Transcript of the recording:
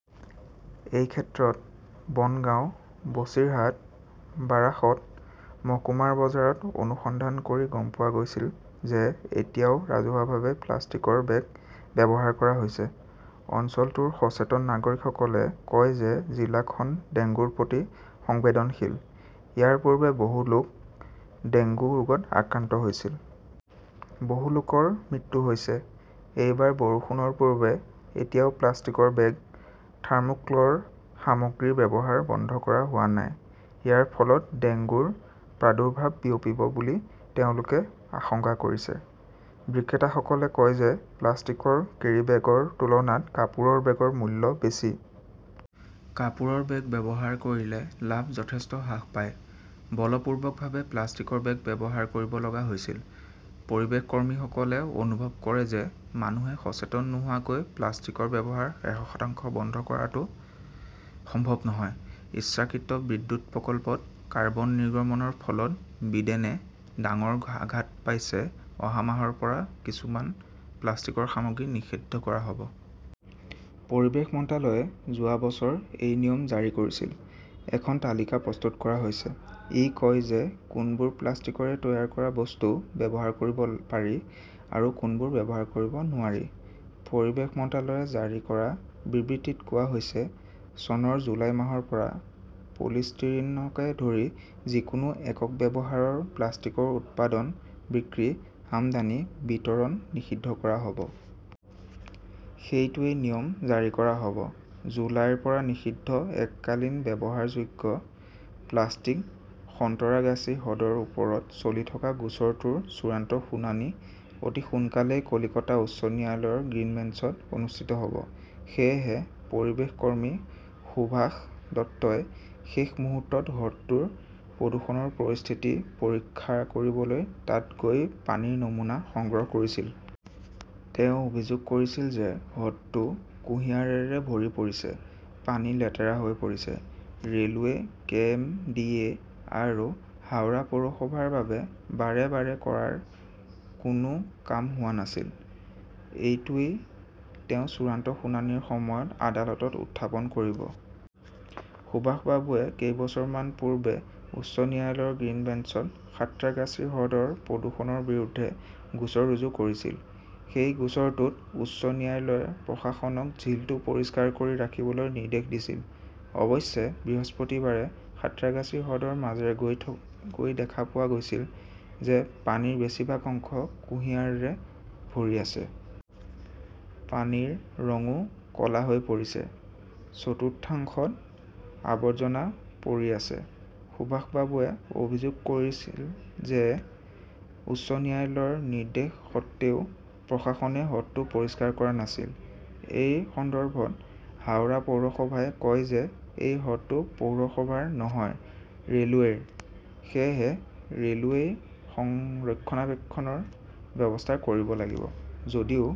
"এই ক্ষেত্ৰত, বনগাঁও, বছিৰহাট, বাৰাসত মহকুমাৰ বজাৰত অনুসন্ধান কৰি গম পোৱা গৈছিল যে এতিয়াও ৰাজহুৱাভাৱে প্লাষ্টিকৰ বেগ ব্যৱহাৰ কৰা হৈছে। অঞ্চলটোৰ সচেতন নাগৰিকসকলে কয় যে জিলাখন ডেংগুৰ প্ৰতি সংবেদনশীল। ইয়াৰ পূৰ্বে বহু লোক ডেংগু ৰোগত আক্ৰান্ত হৈছিল। বহু লোকৰ মৃত্যু হৈছে। এইবাৰ বৰষুণৰ পূৰ্বে এতিয়াও প্লাষ্টিকৰ বেগ, থাৰ্মোক্লৰ সামগ্ৰীৰ ব্যৱহাৰ বন্ধ কৰা হোৱা নাই। ইয়াৰ ফলত ডেংগুৰ প্ৰাদুৰ্ভাৱ বিয়পিব বুলি তেওঁলোকে আশংকা কৰিছে। বিক্ৰেতাসকলে কয় যে প্লাষ্টিকৰ কেৰীবেগৰ তুলনাত কাপোৰৰ বেগৰ মূল্য বেছি। কাপোৰৰ বেগ ব্যৱহাৰ কৰিলে লাভ যথেষ্ট হ্ৰাস পায়। বলপূৰ্বকভাৱে প্লাষ্টিকৰ বেগ ব্যৱহাৰ কৰিব লগা হৈছিল। পৰিৱেশ কৰ্মীসকলে অনুভৱ কৰে যে মানুহে সচেতন নোহোৱাকৈ প্লাষ্টিকৰ ব্যৱহাৰ এশ শতাংশ বন্ধ কৰাটো সম্ভৱ নহয়। ইচ্ছাকৃত বিদ্যুৎ প্ৰকল্পত কাৰ্বন নিৰ্গমনৰ ফলত বিডেনে ডাঙৰ আঘাত পাইছে অহা মাহৰ পৰা কিছুমান প্লাষ্টিকৰ সামগ্ৰী নিষিদ্ধ কৰা হ "ব! পৰিৱেশ মন্ত্ৰালয়ে যোৱা বছৰ এই নিয়ম জাৰি কৰিছিল। এখন তালিকা প্ৰস্তুত কৰা হৈছে। ই কয় যে কোনবোৰ প্লাষ্টিকৰে তৈয়াৰ কৰা বস্তু ব্যৱহাৰ কৰিব পাৰি আৰু কোনবোৰ ব্যৱহাৰ কৰিব নোৱাৰি। পৰিৱেশ মন্ত্ৰালয়ে জাৰি কৰা বিবৃতিত কোৱা হৈছে, " চনৰ জুলাই মাহৰ পৰা পলিষ্টিৰিনকে ধৰি যিকোনো একক ব্যৱহাৰৰ প্লাষ্টিকৰ উৎপাদন, বিক্ৰী, আমদানি, বিতৰণ নিষিদ্ধ কৰা হ" ব। "সেইটোৱেই নিয়ম জাৰি কৰা হ" ব। জুলাইৰ পৰা নিষিদ্ধ এককালীন ব্যৱহাৰযোগ্য প্লাষ্টিক সন্তৰাগাছী হ্ৰদৰ ওপৰত চলি থকা গোচৰটোৰ চূড়ান্ত শুনানি অতি সোনকালেই কলকাতা উচ্চ ন্যায়ালয়ৰ গ্ৰীণ বেঞ্চত অনুষ্ঠিত হ "ব। সেয়েহে পৰিৱেশ কৰ্মী সুভাষ দত্তই শেষ মুহূৰ্তত হ্ৰদটোৰ প্ৰদূষণৰ পৰিস্থিতি পৰীক্ষা কৰিবলৈ তাত গৈ পানীৰ নমুনা সংগ্ৰহ কৰিছিল। তেওঁ অভিযোগ কৰিছিল যে হ্ৰদটো কুঁহিয়াৰেৰে ভৰি পৰিছে। পানী লেতেৰা হৈ পৰিছে। "Railway, K. M. D. A. আৰু হাওৰা পৌৰসভাৰ বাবে বাৰে বাৰে কৰাৰ কোনো কাম হোৱা নাছিল। এইটোৱেই তেওঁ চূড়ান্ত শুনানিৰ সময়ত আদালতত উত্থাপন কৰিব। সুভাষ বাবুৱে কেইবছৰমান পূৰ্বে উচ্চ ন্যায়ালয়ৰ গ্ৰীণ বেঞ্চত সাঁত্ৰাগাছী হ্ৰদৰ প্ৰদূষণৰ বিৰুদ্ধে গোচৰ ৰুজু কৰিছিল। সেই গোচৰটোত উচ্চ ন্যায়ালয়ে প্ৰশাসনক ঝিলটো পৰিষ্কাৰ কৰি ৰাখিবলৈ নিৰ্দেশ দিছিল। অৱশ্যে, বৃহস্পতিবাৰে সাঁত্ৰাগাছী হ্ৰদৰ মাজেৰে গৈ দেখা পোৱা গৈছিল যে পানীৰ বেছিভাগ অংশ কুঁহিয়াৰেৰে ভৰি আছে। পানীৰ ৰংও ক 'লা হৈ পৰিছে। চতুৰ্থাংশত আৱৰ্জনা পৰি আছে। সুভাষ বাবুৱে অভিযোগ কৰিছিল যে উচ্চ ন্যায়ালয়ৰ নিৰ্দেশ সত্বেও প্ৰশাসনে হ্ৰদটো পৰিষ্কাৰ কৰা নাছিল। এই সন্দৰ্ভত হাওৰা পৌৰসভাই কয় যে এই হ্ৰদটো পৌৰসভাৰ নহয়, ৰে "লৱেৰ। সেয়েহে ৰে "লৱেই ৰক্ষণাবেক্ষণৰ ব্যৱস্থা কৰিব লাগিব। যদিও